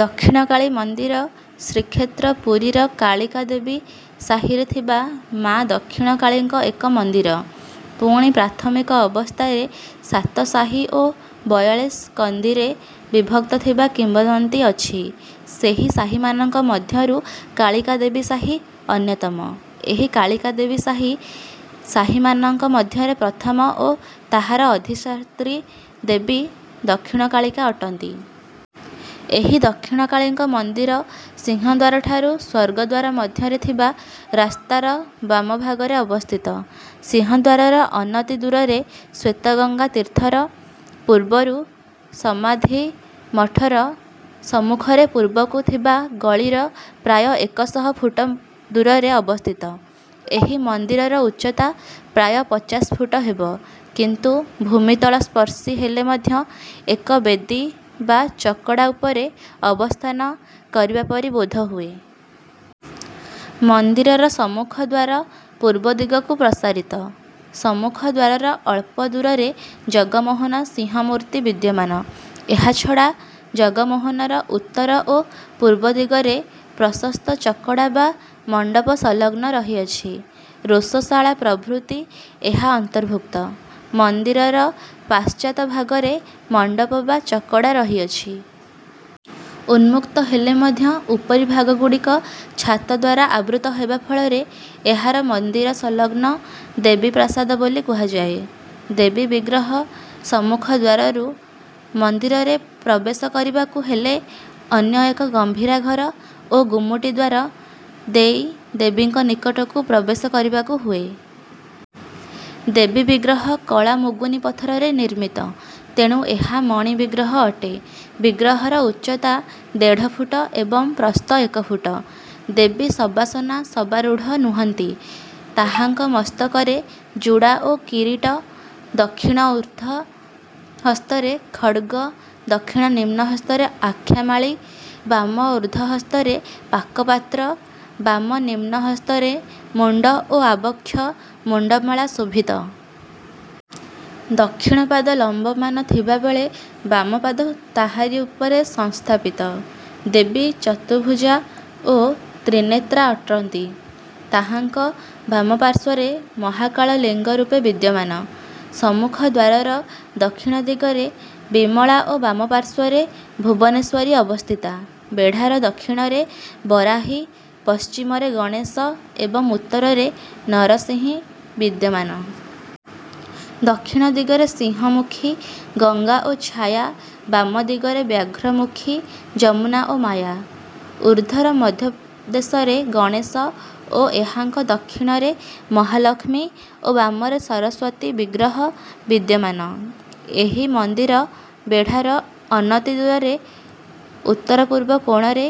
ଦକ୍ଷିଣକାଳି ମନ୍ଦିର ଶ୍ରୀକ୍ଷେତ୍ର ପୁରୀର କାଳିକା ଦେବୀ ସାହିରେ ଥିବା ମାଆ ଦକ୍ଷିଣ କାଳିଙ୍କ ଏକ ମନ୍ଦିର। ପୁରୀ ପ୍ରାଥମିକ ଅବସ୍ଥାରେ ସାତ ସାହି ଓ ବୟାଳିଶ କନ୍ଦିରେ ବିଭକ୍ତ ଥିବା କିମ୍ବଦନ୍ତୀ ଅଛି। ସେହି ସାହିମାନଙ୍କ ମଧ୍ୟରୁ କାଳିକା ଦେବୀ ସାହି ଅନ୍ୟତମ। ଏହି କାଳିକା ଦେବୀ ସାହି ସାହିମାନଙ୍କ ମଧ୍ୟରେ ପ୍ରଥମ ଓ ତାହାର ଅଧିଷ୍ଠାତ୍ରୀ ଦେବୀ ଦକ୍ଷିଣ କାଳିକା ଅଟନ୍ତି। ଏହି ଦକ୍ଷଣି କାଳୀଙ୍କ ମନ୍ଦିର ସିଂହଦ୍ୱାର ଠାରୁ ସ୍ୱର୍ଗଦ୍ୱାର ମଧ୍ୟରେ ଥିବା ରାସ୍ତାର ବାମ ଭାଗରେ ଅବସ୍ଥିତ। ସିଂହଦ୍ୱାରର ଅନତି ଦୂରରେ ଶ୍ୱେତଗଙ୍ଗା ତୀର୍ଥର ପୂର୍ବରୁ ସମାଧିମଠର ସମ୍ମୁଖରେ ପୂର୍ବକୁ ଥିବା ଗଳିର ପ୍ରାୟ ଏକ ଶହ ଫୁଟ ଦୂରରେ ଅବସ୍ଥିତ। ଏହି ମନ୍ଦିରର ଉଚ୍ଚତା ପ୍ରାୟ ପଚାଶ ଫୁଟ ହେବ କିନ୍ତୁ ଭୂମିତଳ ସ୍ପର୍ଶୀ ହେଲେ ମଧ୍ୟ ଏକ ବେଦୀ ବା ଚକଡ଼ା ଉପରେ ଅବସ୍ଥାନ କରିବାପରି ବୋଧହୁଏ। ମନ୍ଦିରର ସମ୍ମୁଖ ଦ୍ୱାର ପୂର୍ବ ଦିଗକୁ ପ୍ରସାରିତ। ସମ୍ମୁଖ ଦ୍ୱାରର ଅଳ୍ପ ଦୂରରେ ଜଗମୋହନ ସିଂହମୂର୍ତ୍ତି ବିଦ୍ୟମାନ। ଏହାଛଡ଼ା ଜଗମୋହନର ଉତ୍ତର ଓ ପୂର୍ବ ଦିଗରେ ପ୍ରଶସ୍ତ ଚକଡ଼ା ବା ମଣ୍ଡପ ସଂଲଗ୍ନ ରହିଅଛି। ରୋଷଶାଳା ପ୍ରଭୃତି ଏହା ଅନ୍ତର୍ଭୁକ୍ତ। ମନ୍ଦିରର ପାଶ୍ଚାତ ଭାଗରେ ମଣ୍ଡପ ବା ଚକଡ଼ା ରହିଅଛି। ଉନ୍ମୁକ୍ତହେଲେ ମଧ୍ୟ ଉପରି ଭାଗଗୁଡ଼ିକ ଛାତଦ୍ୱାରା ଆବୃତ ହେବା ଫଳରେ ଏହାର ମନ୍ଦିର ସଂଲଗ୍ନ ଦେବୀ ପ୍ରାସାଦ ବୋଲି କୁହାଯାଏ। ଦେବୀ ବିଗ୍ରହ ସମ୍ମୁଖ ଦ୍ୱାରରୁ ମନ୍ଦିରରେ ପ୍ରବେଶ କରିବାକୁ ହେଲେ ଅନ୍ୟ ଏକ ଗମ୍ଭୀରାଘର ଓ ଗୁମୁଟି ଦ୍ୱାର ଦେଇ ଦେବୀଙ୍କ ନିକଟକୁ ପ୍ରବେଶ କରିବାକୁ ହୁଏ। ଦେବୀ ବିଗ୍ରହ କଳା ମୁଗୁନି ପଥରରେ ନିର୍ମିତ। ତେଣୁ ଏହା ମଣି ବିଗ୍ରହ ଅଟେ। ବିଗ୍ରହର ଉଚ୍ଚତା ଦେଢ଼ଫୁଟ ଏବଂ ପ୍ରସ୍ଥ ଏକ ଫୁଟ। ଦେବୀ ଶବାସନା ଶବାରୂଢ଼ ନୁହଁନ୍ତି। ତାହାଙ୍କ ମସ୍ତକରେ ଜୁଡ଼ା ଓ କିରୀଟ, ଦକ୍ଷିଣ ଉର୍ଦ୍ଧ ହସ୍ତରେ ଖଡ୍ଗ ଦକ୍ଷିଣ ନିମ୍ନ ହସ୍ତରେ ଅକ୍ଷାମାଳୀ, ବାମ ଉର୍ଦ୍ଧ ହସ୍ତରେ ପାକପାତ୍ର, ବାମ ନିମ୍ନ ହସ୍ତରେ ମୁଣ୍ଡ ଓ ଆବକ୍ଷ ମୁଣ୍ଡମାଳା ଶୋଭିତ। ଦକ୍ଷିଣ ପାଦ ଲମ୍ବମାନ ଥିବା ବେଳେ ବାମପାଦ ତାହାରି ଉପରେ ସଂସ୍ଥାପତି। ଦେବୀ ଚତୁଭୁଜା ଓ ତ୍ରିନେତ୍ରା ଅଟନ୍ତି। ତାହାଙ୍କ ବାମ ପାଶ୍ୱର୍ରେ ମହାକାଳ ଲିଙ୍ଗ ରୂପେ ବିଦ୍ୟମାନ। ସମ୍ମୁଖ ଦ୍ୱାରର ଦକ୍ଷିଣ ଦିଗରେ ବିମଳା ଓ ବାମପାଶ୍ୱର୍ରେ ଭୁବନେଶ୍ୱରୀ ଅବସ୍ଥିତା। ବେଢ଼ାର ଦକ୍ଷିଣରେ ବରାହୀ, ପଶ୍ଚିମରେ ଗଣେଶ ଏବଂ ଉତ୍ତରରେ ନରସିଂହୀ ବିଦ୍ୟମାନ। ଦକ୍ଷିଣ ଦିଗରେ ସିଂହମୁଖୀ, ଗଙ୍ଗା ଓ ଛାୟା, ବାମ ଦିଗରେ ବ୍ୟାଘ୍ରମୁଖୀ, ଯମୁନା ଓ ମାୟା। ଉର୍ଦ୍ଧର ମଧ୍ୟଦେଶରେ ଗଣେଶ ଓ ଏହାଙ୍କ ଦକ୍ଷିଣରେ ମହାଲକ୍ଷ୍ମୀ ଓ ବାମରେ ସରସ୍ୱତୀ ବିଗ୍ରହ ବିଦ୍ୟମାନ। ଏହି ମନ୍ଦିର ବେଢ଼ାର ଅନତି ଦୂରରେ ଉତ୍ତରପୂର୍ବ କୋଣରେ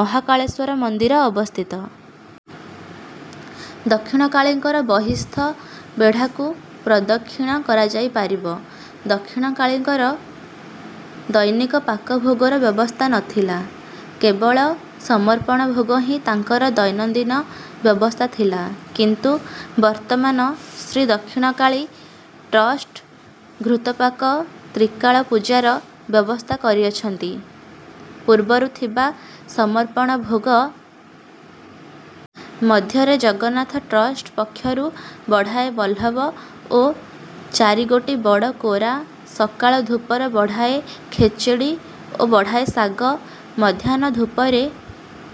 ମହାକାଳେଶ୍ୱର ମନ୍ଦିର ଅବସ୍ଥିତ। ଦକ୍ଷିଣକାଳୀଙ୍କର ବହିସ୍ଥ ବେଢ଼ାକୁ ପ୍ରଦକ୍ଷିଣ କରାଯାଇପାରିବ। ଦକ୍ଷଣି କାଳୀଙ୍କର ଦୈନିକ ପାକ ଭୋଗର ବ୍ୟବସ୍ଥା ନଥିଲା। କେବଳ ସମର୍ପଣ ଭୋଗ ହିଁ ତାଙ୍କର ଦୈନନ୍ଦିନ ବ୍ୟବସ୍ଥା ଥିଲା। କିନ୍ତୁ ବର୍ତ୍ତମାନ ଶ୍ରୀଦକ୍ଷିଣକାଳୀ ଟ୍ରଷ୍ଟ ଘୃତପାକ ତ୍ରିକାଳ ପୂଜାର ବ୍ୟବସ୍ଥା କରିଅଛନ୍ତି। ପୂର୍ବରୁ ଥିବା ସମର୍ପଣ ଭୋଗ ମଧ୍ୟରେ ଜଗନ୍ନାଥ ଟ୍ରଷ୍ଟ ପକ୍ଷରୁ ବଢ଼ାଏ ବଲ୍ଲଭ ଓ ଚାରିଗୋଟି ବଡ଼ କୋରା, ସକାଳ ଧୂପର ବଢ଼ାଏ ଖେଚେଡ଼ି ଓ ବଢ଼ାଏ ଶାଗ, ମଧ୍ୟାହ୍ନ ଧୂପରେ